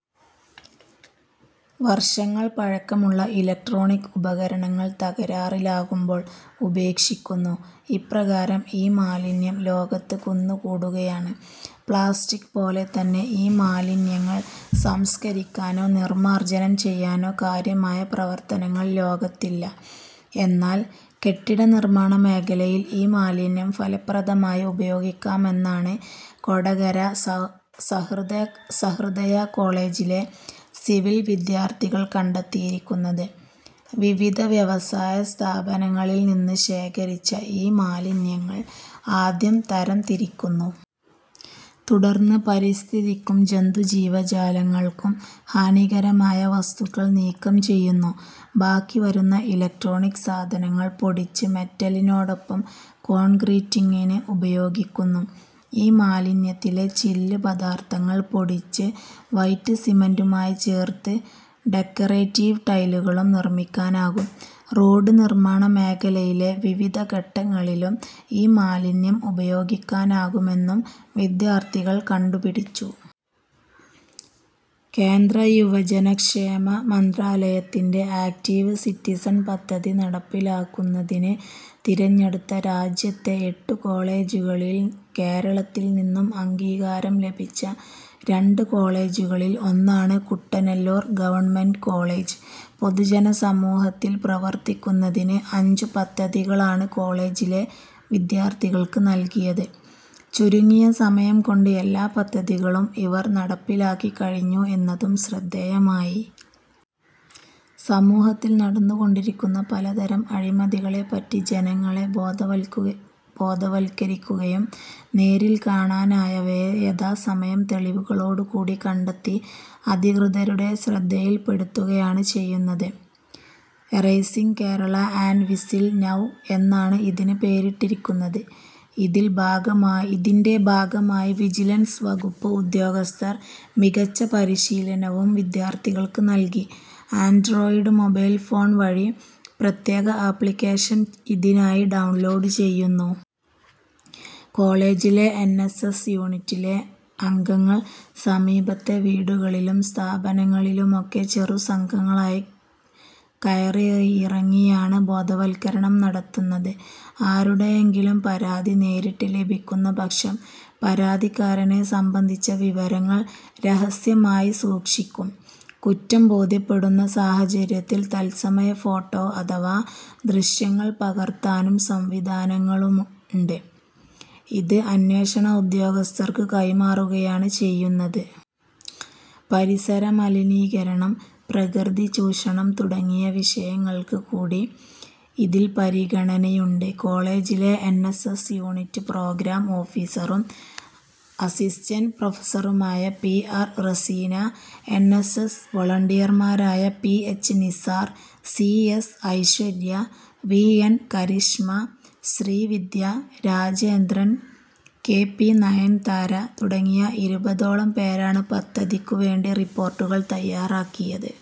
വർഷങ്ങൾ പഴക്കമുള്ള ഇലക്ട്രോണിക് ഉപകരണങ്ങൾ തകരാറിലാകുമ്പോൾ ഉപേക്ഷിക്കുന്നു. ഇപ്രകാരം ഇമാലിന്യം ലോകത്ത് കുന്നുകൂടുകയാണ്. പ്ലാസ്റ്റിക്പോലെത്തന്നെ ഇമാലിന്യങ്ങൾ സംസ്കരിക്കാനോ നിർമാർജനം ചെയ്യാനോ കാര്യമായ പ്രവർത്തനങ്ങൾ ലോകത്തില്ല. എന്നാൽ കെട്ടിടനിർമാണമേഖലയിൽ ഇമാലിന്യം ഫലപ്രദമായി ഉപയോഗിക്കാമെന്നാണ് കൊടകര സഹൃദയ കോളേജിലെ സിവിൽ വിദ്യാർഥികൾ കണ്ടെത്തിയിരിക്കുന്നത്. വിവിധ വ്യവസായ സ്ഥാപനങ്ങളിൽനിന്ന് ശേഖരിച്ച ഇമാലിന്യങ്ങൾ ആദ്യം തരംതിരിക്കുന്നു. തുടർന്ന് പരിസ്ഥിതിക്കും ജന്തുജീവജാലങ്ങൾക്കും ഹാനികരമായ വസ്തുക്കൾ നീക്കം ചെയ്യുന്നു. ബാക്കി വരുന്ന ഇലക്ട്രോണിക് സാധനങ്ങൾ പൊടിച്ച് മെറ്റലിനോടൊപ്പം കോൺക്രീറ്റിങ്ങിന് ഉപയോഗിക്കുന്നു. ഇമാലിന്യത്തിലെ ചില്ല് പദാർത്ഥങ്ങൾ പൊടിച്ച് വൈറ്റ് സിമന്റുമായി ചേർത്ത് ഡെക്കറേറ്റീവ് ടൈലുകളും നിർമിക്കാനാകും. റോഡ് നിർമാണ മേഖലയിലെ വിവിധ ഘട്ടങ്ങളിലും ഇമാലിന്യം ഉപയോഗിക്കാനാകുമെന്നും വിദ്യാർഥികൾ കണ്ടുപിടിച്ചു. കേന്ദ്ര യുവജനക്ഷേമ മന്ത്രാലയത്തിന്റെ ആക്ടീവ് സിറ്റിസൺ പദ്ധതി നടപ്പിലാക്കുന്നതിന് തിരഞ്ഞെടുത്ത രാജ്യത്തെ എട്ടു കോളേജുകളിൽ കേരളത്തിൽനിന്നും അംഗീകാരം ലഭിച്ച രണ്ട് കോളേജുകളിൽ ഒന്നാണ് കുട്ടനെല്ലൂർ ഗവ. കോളേജ്. പൊതുജന സമൂഹമധ്യത്തിൽ പ്രവർത്തിക്കുന്നതിന് അഞ്ചു പദ്ധതികളാണ് കോളേജിലെ വിദ്യാർഥികൾക്ക് നൽകിയത്. ചുരുങ്ങിയ സമയംകൊണ്ട് എല്ലാ പദ്ധതികളും ഇവർ നടപ്പിലാക്കിക്കഴിഞ്ഞു എ ന്നതും ശ്രദ്ധേയമായി. സമൂഹത്തിൽ നടന്നുകൊണ്ടിരിക്കുന്ന പലതരം അഴിമതികളെപ്പറ്റി ജനങ്ങളെ ബോധവത്കരിക്കുകയും നേരിൽ കാണാനായവയെ യഥാസമയം തെളിവുകളോടുകൂടി കണ്ടെത്തി അധികൃതരുടെ ശ്രദ്ധിയിൽപ്പെടുത്തുകയാണ് ചെയ്യുന്നത്. Arising Kerala and whistle now എന്നാണ് ഇതിന് പേരിട്ടിരിക്കുന്നത്. ഇതിന്റെ ഭാഗമായി വിജിലൻസ് വകുപ്പ് ഉദ്യോഗസ്ഥർ മികച്ച പരിശീലനവും വിദ്യാർഥികൾക്ക് നൽകി. ആൻഡ്രോയിഡ് മൊബൈൽ ഫോൺ വഴി പ്രത്യേക ആപ്ളിക്കേഷൻ ഇതിനായി ഡൗൺലോഡ് ചെയ്യുന്നു. കോളേജിലെ എൻ. എസ്. എസ്. യൂണിറ്റിലെ അംഗങ്ങൾ സമീപത്തെ വീടുകളിലും സ്ഥാപനങ്ങളിലുമൊക്കെ ചെറുസംഘങ്ങളായി കയറിയിറങ്ങിയാണ് ബോധവത്കരണം നടത്തുന്നത്. ആരുടെയെങ്കിലും പരാതി നേരിട്ട് ലഭിക്കുന്നപക്ഷം പരാതിക്കാരനെ സംബന്ധിച്ച വിവരങ്ങൾ രഹസ്യമായി സൂക്ഷിക്കും. കുറ്റം ബോധ്യപ്പെടുന്ന സാഹചര്യത്തിൽ തത്സമയ ഫോട്ടോ അഥവാ ദൃശ്യങ്ങൾ പകർത്താനും സംവിധാനങ്ങളുണ്ട്. ഇത് അന്വേഷണ ഉദ്യോഗസ്ഥർക്കു കൈമാറുകയാണ് ചെയ്യുന്നത്. പരിസരമലിനീകരണം, പ്രകൃതിചൂഷണം തുടങ്ങിയ വിഷയങ്ങൾക്ക് കൂടി ഇതിൽ പരിഗണനയുണ്ട്. കോളേജിലെ N. S. S. Unit programme ഓഫീസറും അസി. പ്രൊഫസറുമായ P. R. Raseena, N. S. S. വൊളന്റിയർമാരായ P. H. Nisar, C. S. Aishwarya, V. N. Karishma, Sreevidya Rajendran, K. P. Nayanthara തുടങ്ങി ഇരുപതോളം പേരാണ് പദ്ധതിക്കുവേണ്ടി റിപ്പോർട്ടുകൾ തയ്യാറാക്കിയത്.